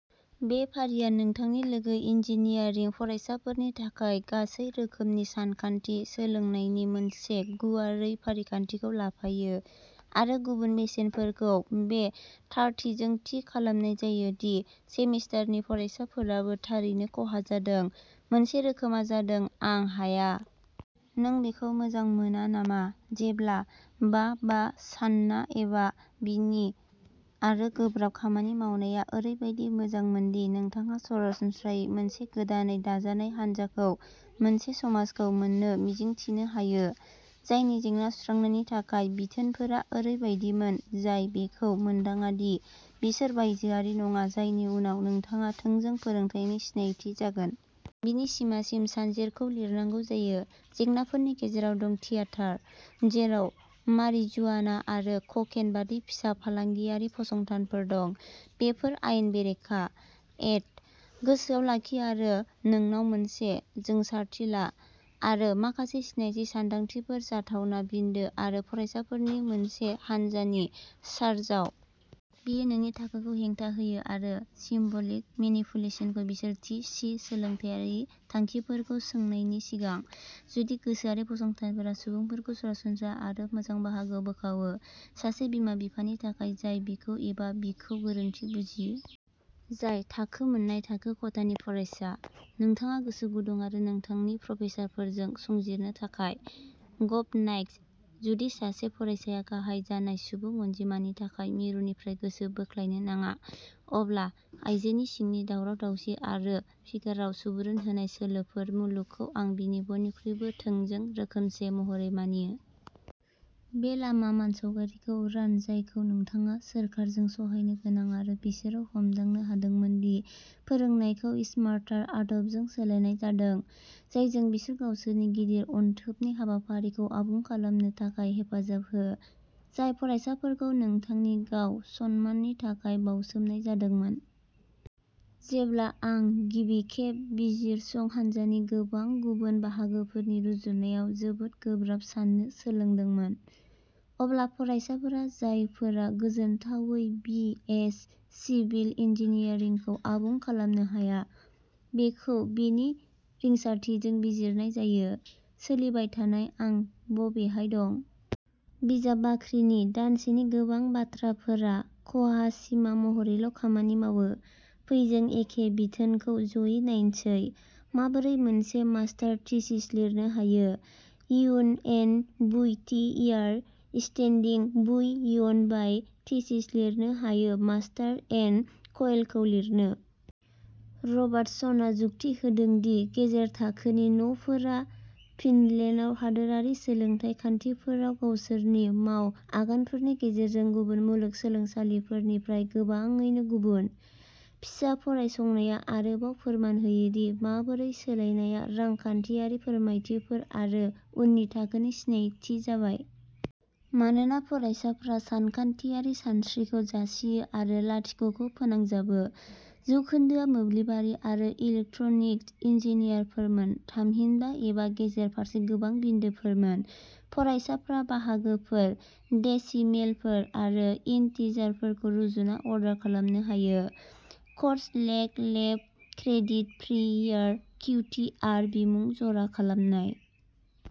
बे फारिआ नोंथांनि लोगो इन्जिनियारिं फरायसाफोरनि थाखाय गासै रोखोमनि सानखान्थि सोलोंनायनि मोनसे गुवारै फारिखान्थिखौ लाफायो आरो गुबुन बेसेनफोरखौ बे थारथिजों थि खालामनाय जायो दि सेमिस्टारनि फरायसाफोराबो थारैनो खहा जादों। मोनसे रोखोमआ जादों आं हाया। नों बेखौ मोजां मोना नामा जेब्ला बा बा सानना एबा बिनि सम आरो गोब्राब खामानि मावनाया ओरैबायदि मोजांमोन दि नोंथाङा सरासनस्रायै मोनसे गोदानै दाजानाय हानजाखौ मोनसे समाजखौ मोननो मिजिंथिनो हायो जायनि जेंना सुस्रांनायनि थाखाय बिथोनफोरा ओरैबायदिमोन जाय बेखौ मोनदाङा दि बिसोर बायजोआरि नङा जायनि उनाव नोंथाङा थोंजों फोरोंथायनि सिनायथि जागोन। बेनि सिमासिम सानजेरखौ लिरनांगौ जायो। जेंनाफोरनि गेजेराव दं थियेटार। जेराव मारिजुआना आरो ककेन बायदि फिसा फालांगियारि फसंथानफोर दं। बेफोर आयेन बेरेखा एड। गोसोआव लाखि आरो नोंनाव मोनसे जोंसारथि ला। आरो माखासे सिनायथि सानदांथिफोर जाथावना बिन्दो आरो फरायसाफोरनि मोनसे हान्जानि चारजाव। बेयो नोंनि थाखोखौ हेंथा होयो। आरो सिम ब'लिक मेनिपुलेसनखौ बिसोर थि सि सोलोंथायारि थांखिफोरखौ सोंनायनि सिगां। जुदि गोसोआरि फसंथानफोरा सुबुंफोरखौ सरासनस्रा आरो मोजां बाहागोआव बोखावो। सासे बिमा-बिफानि थाखाय जाय बिखौ एबा बिखौ गोरोन्थि बुजियो। जाय थाखो मोननाय थाखो खथानि फरायसा। नोंथाङा गोसो गुदुं आरो नोंथांनि प्रफेसारफोरजों संजिरनो थाखाय गभ नाइक्स। जुदि सासे फरायसाया गाहाय जानाय सुबुं अनजिमानि थाखाय मिरुनिफ्राय गोसो बोख्लायनो नाङा। अब्ला आइजोनि सिंनि दावराव-दावसि आरो फिगाराव सुबुरुन होनाय सोलोफोर मुलुगखौ आं बिनि बयनिख्रुइबो थोंजों रोखोमसे महरै मानियो। बे लामा मानसावगारिखौ रान जायखौ नोंथाङा सोरखारजों सहायनो गोनां आरो बिसोरो हमदांनो हादोंमोन दि फोरोंनायखौ स्मार्टार आदबजों सोलायनाय जादों। जायजों बिसोर गावसोरनि गिदिर अनथोबनि हाबाफारिखौ आबुं खालामनो थाखाय हेफाजाब हो। जाय फरायसाफोरखौ नोंथांनि गाव-सनमाननि थाखाय बाउसोमनाय जादोंमोन। जेब्ला आं गिबिखेब बिजिरसं हान्जानि गोबां गुबुन बाहागोफोरनि रुजुनायाव जोबोद गोब्राब साननो सोलोंदोंमोन। अब्ला फरायसाफोरा जायफोरा गोजोनथावै बि एस सिभिल इन्जिनियारिंखौ आबुं खालामनो हाया। बेखौ बेनि रिंसारथिजों बिजिरनाय जायो। सोलिबाय थानाय आं बबेहाय दं। बिजाब बाख्रिनि दानसेनि गोबां बाथ्राफोरा खहा सिमा महरैल' खामानि मावो। फै जों एखे बिथोनखौ ज'यै नायसै। माबोरै मोनसे मास्टार्स थिसिस लिरनो हायो यव'न एन बुइ थि इयार स्टेनडिं बुइ यव'न बाइ थिसिस लिरनो हायो मास्टार्स एन क'इलखौ लिरनो। रबार्टसनआ जुक्ति होदों दि गेजेर थाखोनि न'फोरा फिनलेन्डआव हादोरारि सोलोंथाय खान्थिफोराव गावसोरनि माव आगानफोरनि गेजेरजों गुबुन मुलुगसोलोंसालिफोरनिफ्राय गोबाङैनो गुबुन। पिसा फरायसंनाया आरोबाव फोरमान होयो दि माबोरै सोलायनायआ रांखान्थियारि फोरमायथिफोर आरो उननि थाखोनि सिनायथि जाबाय। मानोना फरायसाफ्रा सानखान्थियारि सानस्रिफोरखौ जासियो आरो लाथिख'खौ फोनांजाबो। जौखोन्दोआ मोब्लिबारि आरो इलेक्ट्रनिक्स इन्जिनियारफोरमोन थामहिनबा एबा गेजेर फारसे गोबां बिन्दोफोरमोन फरायसाफ्रा बाहागोफोर डेसिमेलफोर आरो इन्टिजारफोरखौ रुजुना अर्डार खालामनो हायो। क'र्स लेक लेब क्रेडिट प्रि इयार किउटिआर बिमुं जरा खालामनाय।